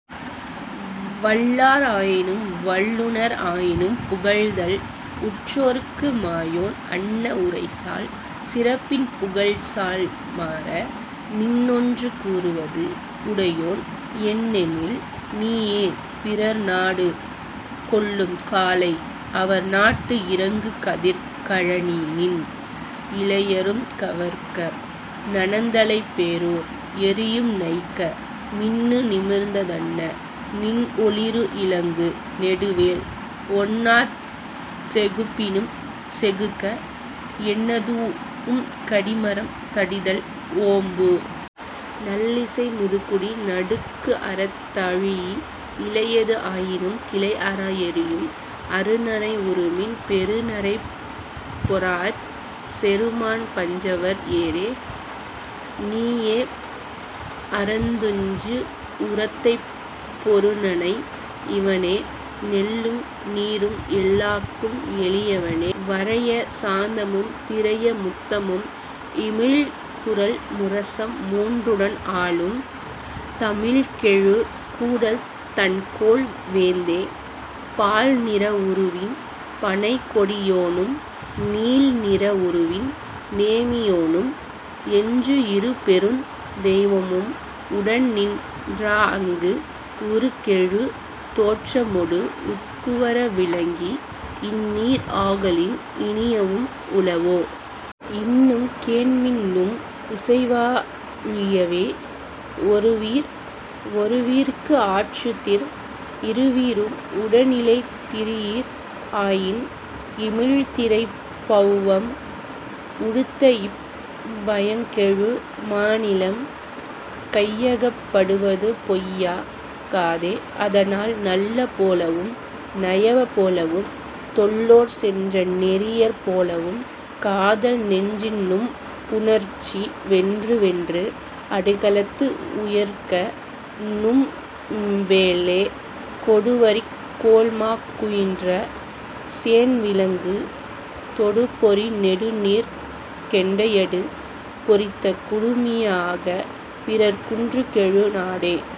வல்லார் ஆயினும், வல்லுநர் ஆயினும், புகழ்தல் உற்றோர்க்கு மாயோன் அன்ன, உரைசால் சிறப்பின் புகழ்சால் மாற! நின்னொன்று கூறுவது உடையோன்; என்னெனின், நீயே, பிறர்நாடு கொள்ளும்காலை, அவர் நாட்டு இறங்கு கதிர் கழனிநின் இளையரும் கவர்க: நனந்தலைப் பேரூர் எரியும் நைக்க; மின்னு நிமிர்ந் தன்ன நின்ஒளிறு இலங்கு நெடுவேல் ஒன்னார்ச் செகுப்பினும் செகுக்க; என்னதூஉம் கடிமரம் தடிதல் ஓம்பு! நல்லிசை முதுகுடி நடுக்குஅறத் தழீஇ, இளையது ஆயினும் கிளைஅரா எறியும், அருநரை உருமின், பெருநரைப் பொறாஅச் செருமாண் பஞ்சவர் ஏறே; நீயே, அறந்துஞ்சு உறந்தைப் பொருநனை; இவனே, நெல்லும் நீரும் எல்லார்க்கும் எளியவென, வரைய சாந்தமும், திரைய முத்தமும், இமிழ்குரல் முரசம் மூன்றுடன் ஆளும், தமிழ்கெழு கூடல் தண்கோல் வேந்தே; பால்நிற உருவின் பனைக்கொடி யோனும், நீல்நிற உருவின், நேமியோனும், என்று இருபெருந் தெய்வமும் உடன் நின் றாஅங்கு, உருகெழு தோற்றமொடு உட்குவர விளங்கி, இந்நீர் ஆகலின், இனியவும் உளவோ? இன்னும் கேண்மின் நும் இசைவா ழியவே; ஒருவீர் ஒருவீர்க்கு ஆற்றுதிர்; இருவீரும் உடனிலை திரியீர் ஆயின், இமிழ்திரைப் பெளவம் உடுத்தஇப் பயங்கெழு மாநிலம் கையகப் படுவது பொய்யா காதே; அதனால், நல்ல போலவும், நயவ போலவும், தொல்லோர் சென்ற நெறியர் போலவும், காதல் நெஞ்சின்நும் புணர்ச்சி; வென்று வென்று அடுகளத்து உயர்க நும் வேலே; கொடுவரிக் கோள்மாக் குயின்ற சேண்விளங்கு தொடுபொறி நெடுநீர்க் கெண்டையடு பொறித்த குடுமிய ஆக, பிறர் குன்றுகெழு நாடே..